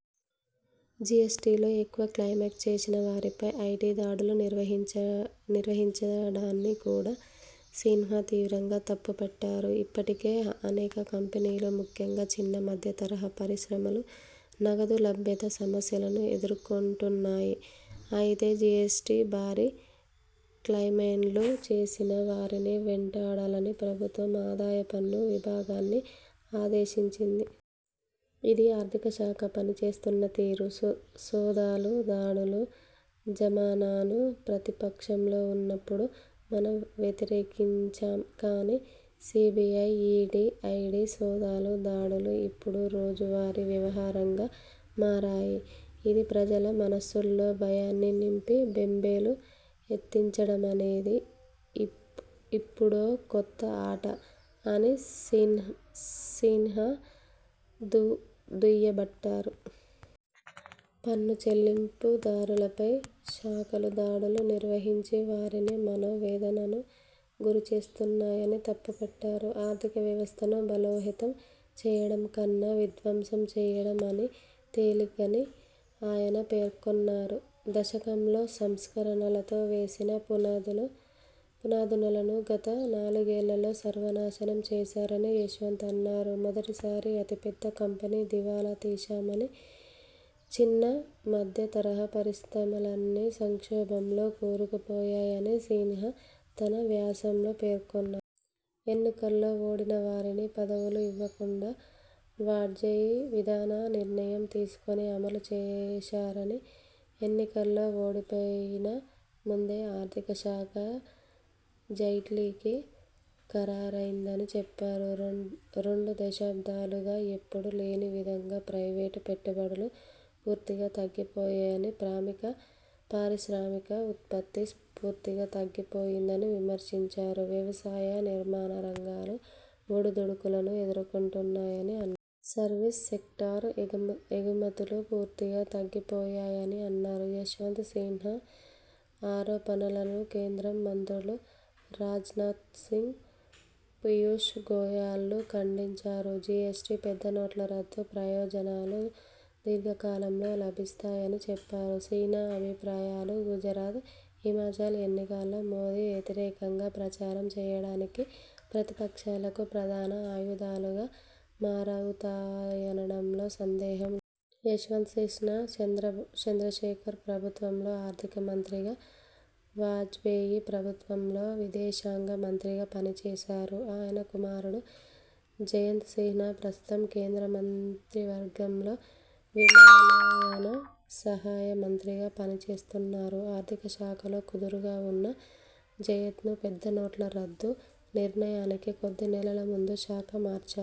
జీఎస్టీలో ఎక్కువ క్లెయిమ్ చేసిన వారిపై ఐటీ దాడులు నిర్వహించడాన్ని కూడా సిన్హా తీవ్రంగా తప్పుపట్టారు. ''ఇప్పటికే అనేక కంపెనీలు, ముఖ్యంగా చిన్న, మధ్య తరహా పరిశ్రమలు నగదు లభ్యత సమస్యను ఎదుర్కొంటున్నాయి. అయితే జీఎస్టీలో భారీ క్లెయిమ్లు చేసిన వారిని వెంటాడాలని ప్రభుత్వం ఆదాయపన్ను విభాగాన్ని ఆదేశించింది. ఇది ఆర్థిక శాఖ పనిచేస్తున్న తీరు. సోదాలు, దాడుల జమానాను ప్రతిపక్షంలో ఉన్నప్పుడు మనం వ్యతిరేకించాం. కానీ సీబీఐ, ఈడీ, ఐటీ సోదాలు, దాడులు ఇప్పుడు రోజువారీ వ్యవహారంగా మారాయి. ఇది ప్రజల మనస్సుల్లో భయాన్ని నింపి బేంబేలు ఎత్తించడమనేది ఇప్పుడో కొత్త ఆట '' అని సిన్హా దుయ్యబట్టారు. పన్ను చెల్లింపుదారులపై శాఖలు దాడులు నిర్వహించి వారిని మనోవేదనకు గురి చేస్తున్నాయని తప్పు పట్టారు. ఆర్ధిక వ్యవస్థను బలోపేతం చేయడం కన్నా విధ్వంసం చేయడం చాలా తేలికని ఆయన పేర్కొన్నారు. దశకంలో సంస్కరణలతో వేసిన పునాదులను గత నాలుగేళ్లలో సర్వనాశనం చేశారని యశ్వంత్ అన్నారు. మొదటిసారి అతిపెద్ద కంపెనీలు దివాలా తీశాయని, చిన్న, మధ్య తరహా పరిశ్రమలన్నీ సంక్షోభంలో కూరుకుపోయాయని సిన్హా తన వ్యాసంలో పేర్కొన్నారు. ఎన్నికల్లో ఓడిన వారికి పదవులు ఇవ్వకుండా వాజ్పేయి విధాన నిర్ణయం తీసుకుని, అమలు చేశారని, ఎన్నికల్లో ఓడిపోయినా ముందే ఆర్థిక శాఖ జైట్లీకి ఖరారైందని చెప్పారు. రెండు దశాబ్దాలుగా ఎప్పుడూ లేనివిధంగా ప్రైవేటు పెట్టుబడులు పూర్తిగా తగ్గిపోయాయని, పారిశ్రామిక ఉత్పత్తి పూర్తిగా తగ్గిపోయిందని విమర్శించారు. వ్యవసాయ, నిర్మాణ రంగాలు ఒడిదుడుకులను ఎదుర్కొంటున్నాయని అన్నారు. సర్వీస్ సెక్టార్, ఎగుమతులు పూర్తిగా తగ్గిపోయాయని అన్నారు. యశ్వంత్ సిన్హా ఆరోపణలను కేంద్ర మంత్రులు రాజ్నాథ్సింగ్, పియూష్ గోయల్లు ఖండించారు. జీఎస్టీ, పెద్ద నోట్ల రద్దు ప్రయోజనాలు దీర్ఘకాలంలో లభిస్తాయని చెప్పారు. సిన్హా అభిప్రాయాలు గుజరాత్, హిమాచల్ ఎన్నికల్లో మోదీ వ్యతిరేక ప్రచారం చేయడానికి ప్రతిపక్షాలకు ప్రధాన ఆయుధాలుగా మారతాయనడంలో సందేహం లేదు. యశ్వంత్ సిన్హా చంద్రశేఖర్ ప్రభుత్వంలో ఆర్థిక మంత్రిగా, వాజ్పేయి ప్రభుత్వంలో విదేశాంగ మంత్రిగా పనిచేశారు. ఆయన కుమారుడు జయంత్ సిన్హా ప్రస్తుతం కేంద్ర మంత్రివర్గంలో విమానయాన సహాయ మంత్రిగా పని చేస్తున్నారు. ఆర్థిక శాఖలో కుదురుగా ఉన్న జయంత్ను పెద్దనోట్ల రద్దు నిర్ణయానికి కొద్ది నెలల ముందు శాఖ మార్చారు.